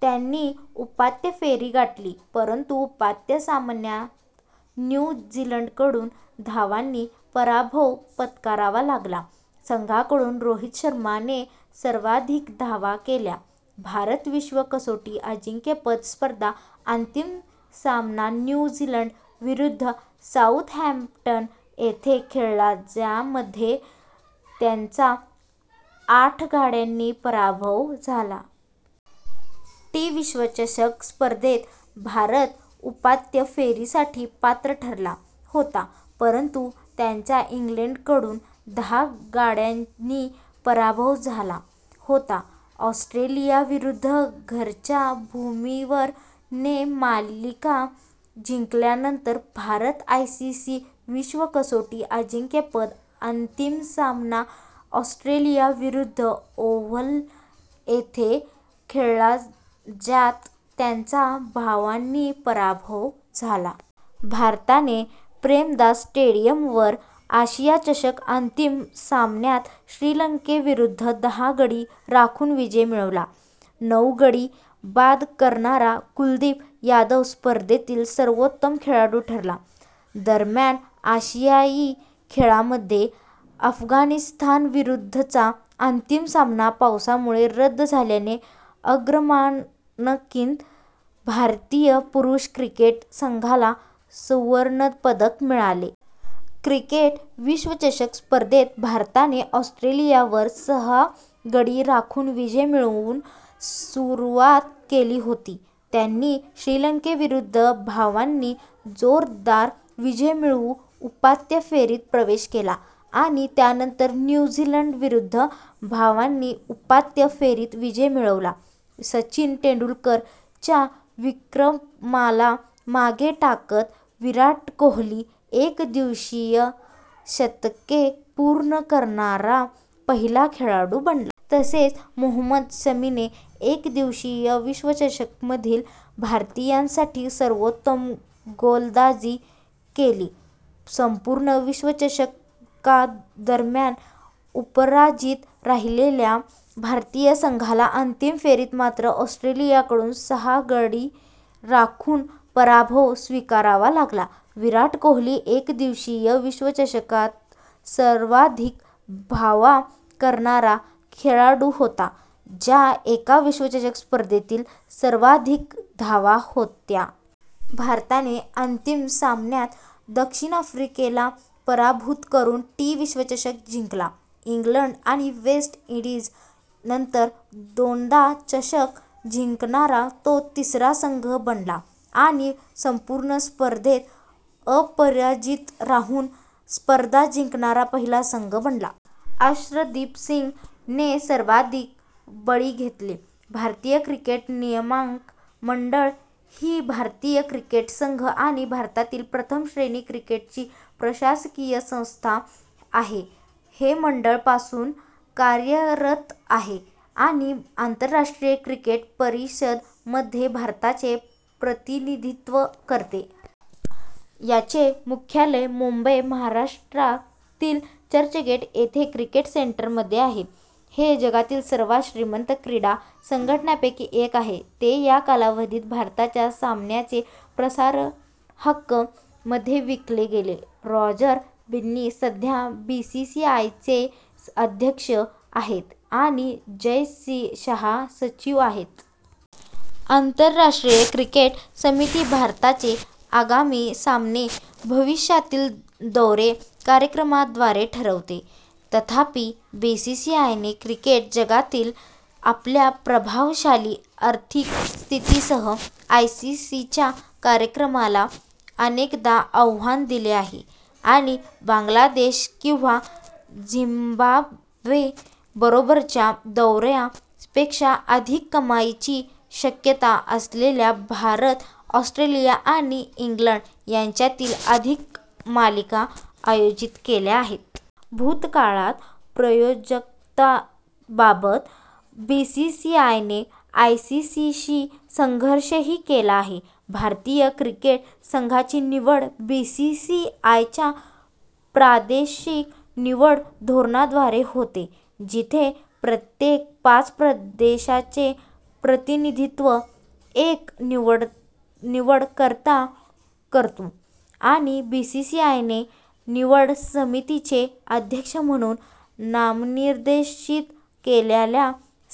त्यांनी उपांत्य फेरी गाठली परंतु उपांत्य सामन्यांत न्यू झीलंडकडून धावांनी पराभव पत्करावा लागला. संघाकडून रोहित शर्मा ने सर्वाधिक धावा केल्या. भारत - विश्व कसोटी अजिंक्यपद स्पर्धा अंतिम सामना न्यू झीलंड विरुद्ध साउथहॅम्प्टन येथे खेळला ज्यामध्ये त्यांचा आठ गड्यांनी पराभव झाला. टी विश्वचषक स्पर्धेत भारत उपांत्य फेरीसाठी पात्र ठरला होता, परंतु त्यांचा इंग्लंडकडून दहा गाड्यांनी पराभव झाला होता. ऑस्ट्रेलियाविरुद्ध घरच्या भूमीवर - ने मालिका जिंकल्यानंतर, भारत आयसीसी विश्व कसोटी अजिंक्यपद अंतिम सामना ऑस्ट्रेलिया विरुद्ध ओव्हल येथे खेळला ज्यात त्यांचा धावांनी पराभव झाला. भारताने आर. प्रेमदासा स्टेडियमवर आशिया चषक अंतिम सामन्यात श्रीलंकेविरुद्ध दहा गडी राखून विजय मिळवला. नऊ गडी बाद करणारा कुलदीप यादव स्पर्धेतील सर्वोत्तम खेळाडू ठरला. दरम्यान, आशियाई खेळांमध्ये अफगाणिस्तानविरुद्धचा अंतिम सामना पावसामुळे रद्द झाल्याने अग्रमानांकित भारतीय पुरुष क्रिकेट संघाला सुवर्णपदक मिळाले.। क्रिकेट विश्वचषक स्पर्धेत भारताने ऑस्ट्रेलियावर सहा गडी राखून विजय मिळवून सुरुवात केली होती. त्यांनी श्रीलंकेविरुद्ध धावांनी जोरदार विजय मिळवून उपांत्य फेरीत प्रवेश केला आणि त्यानंतर न्यू झीलंडविरुद्ध धावांनी उपांत्य फेरीत विजय मिळवला. सचिन तेंडुलकर च्या विक्रमाला मागे टाकत विराट कोहली एकदिवसीय शतके पूर्ण करणारा पहिला खेळाडू बनला. तसेच, मोहम्मद शमीने एकदिवसीय विश्वचषकामधील, भारतीयासाठी सर्वोत्तम गोलंदाजी केली. संपूर्ण विश्वचषकादरम्यान अपराजित राहिलेल्या भारतीय संघाला अंतिम फेरीत मात्र ऑस्ट्रेलियाकडून सहा गाडी राखून पराभव स्वीकारावा लागला. विराट कोहली एकदिवसीय विश्वचषकात सर्वाधिक धावा करणारा खेळाडू होता, ज्या एका विश्वचषक स्पर्धेतील सर्वाधिक धावा होत्या. भारताने अंतिम सामन्यात दक्षिण आफ्रिके ला पराभूत करून टी विश्वचषक जिंकला. इंग्लंड आणि वेस्ट इंडीज नंतर दोनदा चषक जिंकणारा तो तिसरा संघ बनला आणि संपूर्ण स्पर्धेत अपराजित राहून स्पर्धा जिंकणारा पहिला संघ बनला. अर्शदीप सिंग ने सर्वाधिक बळी घेतले. भारतीय क्रिकेट नियामक मंडळ ही भारतीय क्रिकेट संघ आणि भारतातील प्रथम श्रेणी क्रिकेटची प्रशासकीय संस्था आहे. हे मंडळ पासून कार्यरत आहे आणि आंतरराष्ट्रीय क्रिकेट परिषद मध्ये भारताचे प्रतिनिधित्व करते. याचे मुख्यालय मुंबई, महाराष्ट्रा तील चर्चगेट येथे 'क्रिकेट सेंटर' मध्ये आहे. हे जगातील सर्वात श्रीमंत क्रीडा संघटनांपैकी एक आहे, ते या कालावधीत भारताच्या सामन्यांचे प्रसारण हक्क मध्ये विकले गेले. रॉजर बिन्नी सध्या बीसीसीआयचे अध्यक्ष आहेत आणि जय शाह सचिव आहेत. आंतरराष्ट्रीय क्रिकेट समिती भारताचे आगामी सामने भविष्यातील दौरे कार्यक्रमाद्वारे ठरवते. तथापि, बीसीसीआयने, क्रिकेट जगतातील आपल्या प्रभावशाली आर्थिक स्थिती सह, आयसीसीच्या कार्यक्रमाला अनेकदा आव्हान दिले आहे आणि बांगलादेश किंवा झिम्बाब्वे बरोबरच्या दौऱ्या पेक्षा अधिक कमाईची शक्यता असलेल्या भारत, ऑस्ट्रेलिया आणि इंग्लंड यांच्यातील अधिक मालिका आयोजित केल्या आहेत. भूतकाळात, प्रायोजकत्वाबाबत बीसीसीआयने आयसीसीशी संघर्षही केला आहे. भारतीय क्रिकेट संघाची निवड बीसीसीआयच्या प्रादेशिक निवड धोरणाद्वारे होते, जिथे प्रत्येक पाच प्रदेशाचे प्रतिनिधित्व एक निवडकर्ता करतो आणि बीसीसीआयने निवड समितीचे अध्यक्ष म्हणून नामनिर्देशित केलेल्या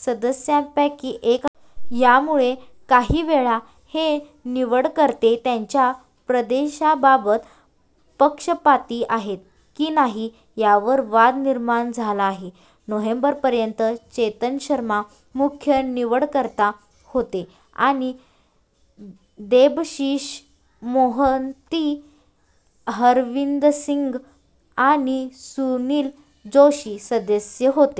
सदस्यांपैकी एक असतो. यामुळे काहीवेळा हे निवडकर्ते त्यांच्या प्रदेशाबाबत पक्षपाती आहेत की नाही यावर वाद निर्माण झाला आहे. नोव्हेंबर पर्यंत, चेतन शर्मा मुख्य निवडकर्ता होते आणि देबाशिष मोहंती, हरविंदरसिंग आणि सुनील जोशी सदस्य होते.